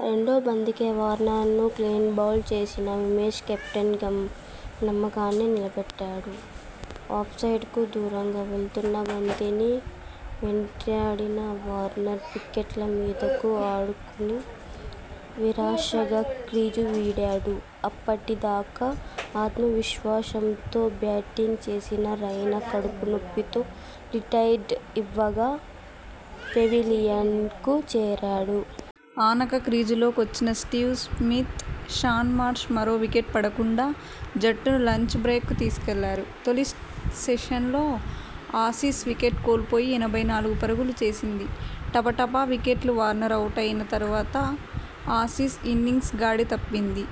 రెండో బంతికే వార్నర్ను క్లీన్బౌల్డ్ చేసిన ఉమేష్ కెప్టెన్ నమ్మకాన్ని నిలబెట్టాడు. ఆఫ్ సైడ్కు దూరంగా వెళ్తున్న బంతిని వెంటాడిన వార్నర్ వికెట్ల మీదకు ఆడుకుని నిరాశగా క్రీజు వీడాడు. అప్పటి దాకా ఆత్మవిశ్వాసంతో బ్యాటింగ్ చేసిన రైనా కడుపు నొప్పితో రిటైర్డ్ ఇవ్వగా పెవిలియన్కు చేరాడు. ఆనక క్రీజులో కొచ్చిన స్టీవ్ స్మిత్, షాన్ మార్ష్ మరో వికెట్ పడకుండా జట్టును లంచ్ బ్రేక్కు తీసుకెళ్లారు. తొలి సెషన్లో ఆసీస్ వికెట్ కోల్పోయి ఎనభై నాలుగు పరుగులు చేసింది. టపటపా వికెట్లు వార్నర్ అవుటైన తర్వాత ఆసీస్ ఇన్నింగ్స్ గాడి తప్పింది.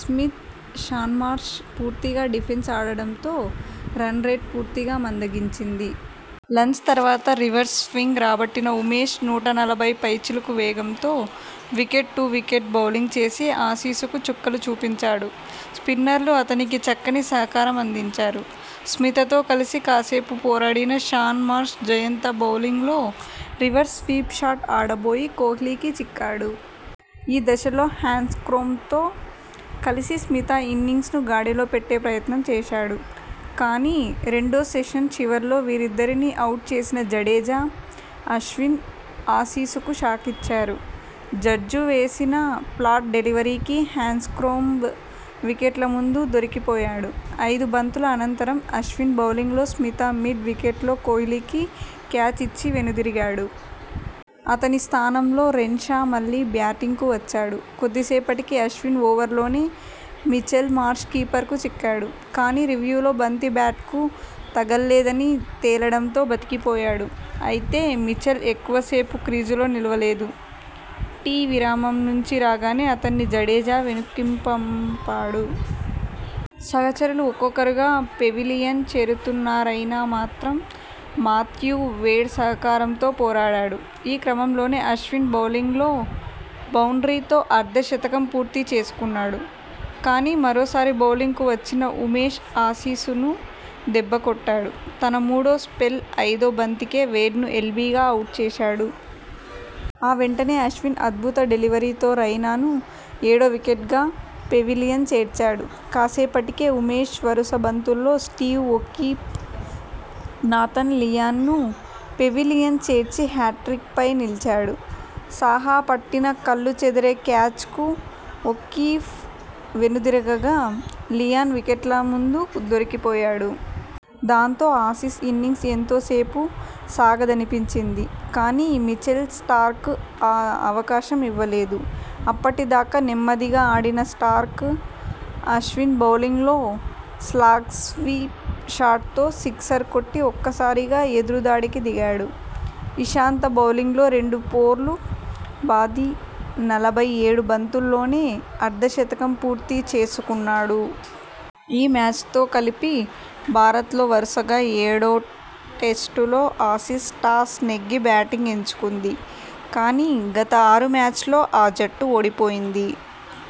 స్మిత్, షాన్మార్ష్ పూర్తిగా డిఫెన్స్ ఆడడంతో రన్రేట్ పూర్తిగా మందగించింది. లంచ్ తర్వాత రివర్స్ స్వింగ్ రాబట్టిన ఉమేష్ నూట నలభై పైచిలుకు వేగంతో వికెట్ టు వికెట్ బౌలింగ్ చేసి ఆసీసుకు చుక్కలు చూపించాడు. స్పిన్నర్లు అతనికి చక్కని సహకారం అందించారు. స్మితతో కలిసి కాసేపు పోరాడిన షాన్ మార్ష్ జయంత బౌలింగ్లో రివర్స్ స్వీప్ షాట్ ఆడబోయి కోహ్లీకి చిక్కాడు. ఈ దశలో హ్యాండ్స్కోంబ్తో కలిసి స్మిత ఇన్నింగ్స్ను గాడిలో పెట్టే ప్రయత్నం చేశాడు. కానీ, రెండో సెషన్ చివర్లో వీరిద్దరినీ అవుట్ చేసిన జడేజా, అశ్విన్ ఆసీసుకు షాకిచ్చారు. జడ్డూ వేసిన ఫ్లాట్ డెలివరీకి హ్యాండ్స్కోంబ్ వికెట్ల ముందు దొరికిపోయాడు. ఐదు బంతుల అనంతరం అశ్విన్ బౌలింగ్లో స్మిత మిడ్ వికెట్లో కోహ్లీకి క్యాచ్ ఇచ్చి వెనుదిరిగాడు. అతని స్థానంలో రెన్షా మళ్లీ బ్యాటింగ్కు వచ్చాడు. కొద్దిసేపటికి అశ్విన్ ఓవర్లోనే మిచెల్ మార్ష్ కీపర్కు చిక్కాడు. కానీ, రివ్యూలో బంతి బ్యాట్కు తగల్లేదని తేలడంతో బతికిపోయాడు. అయితే, మిచెల్ ఎక్కువ సేపు క్రీజులో నిలువలేదు. టి విరామం నుంచి రాగానే అతణ్ణి జడేజా వెనక్కిపంపాడు. సహచరులు ఒక్కొక్కరుగా పెవిలియన్ చేరుతున్నా రైనా మాత్రం మాథ్యూ వేడ్ సహకారంతో పోరాడాడు. ఈ క్రమంలోనే అశ్విన్ బౌలింగ్లో బౌండ్రీతో అర్ధ శతకం పూర్తి చేసుకున్నాడు. కానీ, మరోసారి బౌలింగ్కు వచ్చిన ఉమేష్ ఆసీసును దెబ్బకొట్టాడు. తన మూడో స్పెల్ ఐదో బంతికే వేడ్ను ఎల్బీగా అవుట్ చేశాడు. ఆ వెంటనే అశ్విన్ అద్భుత డెలివరీతో రైనా ను ఏడో వికెట్గా పెవిలియన్ చేర్చాడు. కాసేపటికే, ఉమేష్ వరుస బంతుల్లో స్టీవ్ ఒకీఫ్, నాథన్ లియాన్ ను పెవిలియన్ చేర్చి హ్యాట్రిక్పై నిలిచాడు. సాహా పట్టిన కళ్లు చెదిరే క్యాచ్కు ఒకీఫ్ వెనుదిరగగా, లియాన్ వికెట్ల ముందు దొరికిపోయాడు. దాంతో, ఆసీస్ ఇన్నింగ్స్ ఎంతోసేపు సాగదనిపించింది. కానీ, మిచెల్ స్టార్క్ ఆ అవకాశం ఇవ్వలేదు. అప్పటిదాకా నెమ్మదిగా ఆడిన స్టార్క్ అశ్విన్ బౌలింగ్లో స్లాగ్స్వీప్ షాట్తో సిక్సర్ కొట్టి ఒక్కసారిగా ఎదురుదాడికి దిగాడు. ఇషాంత బౌలింగ్లో రెండు ఫోర్లు బాది నలభై ఏడు బంతుల్లోనే అర్ధ శతకం పూర్తి చేసుకు న్నాడు. ఈ మ్యాచ్తో కలిపి భారత్ లో వరుసగా ఏడో టెస్టులో ఆసీస్ టాస్ నెగ్గి బ్యాటింగ్ ఎంచుకుంది. కానీ, గత ఆరు మ్యాచ్ల్లో ఆ జట్టు ఓడిపోయింది.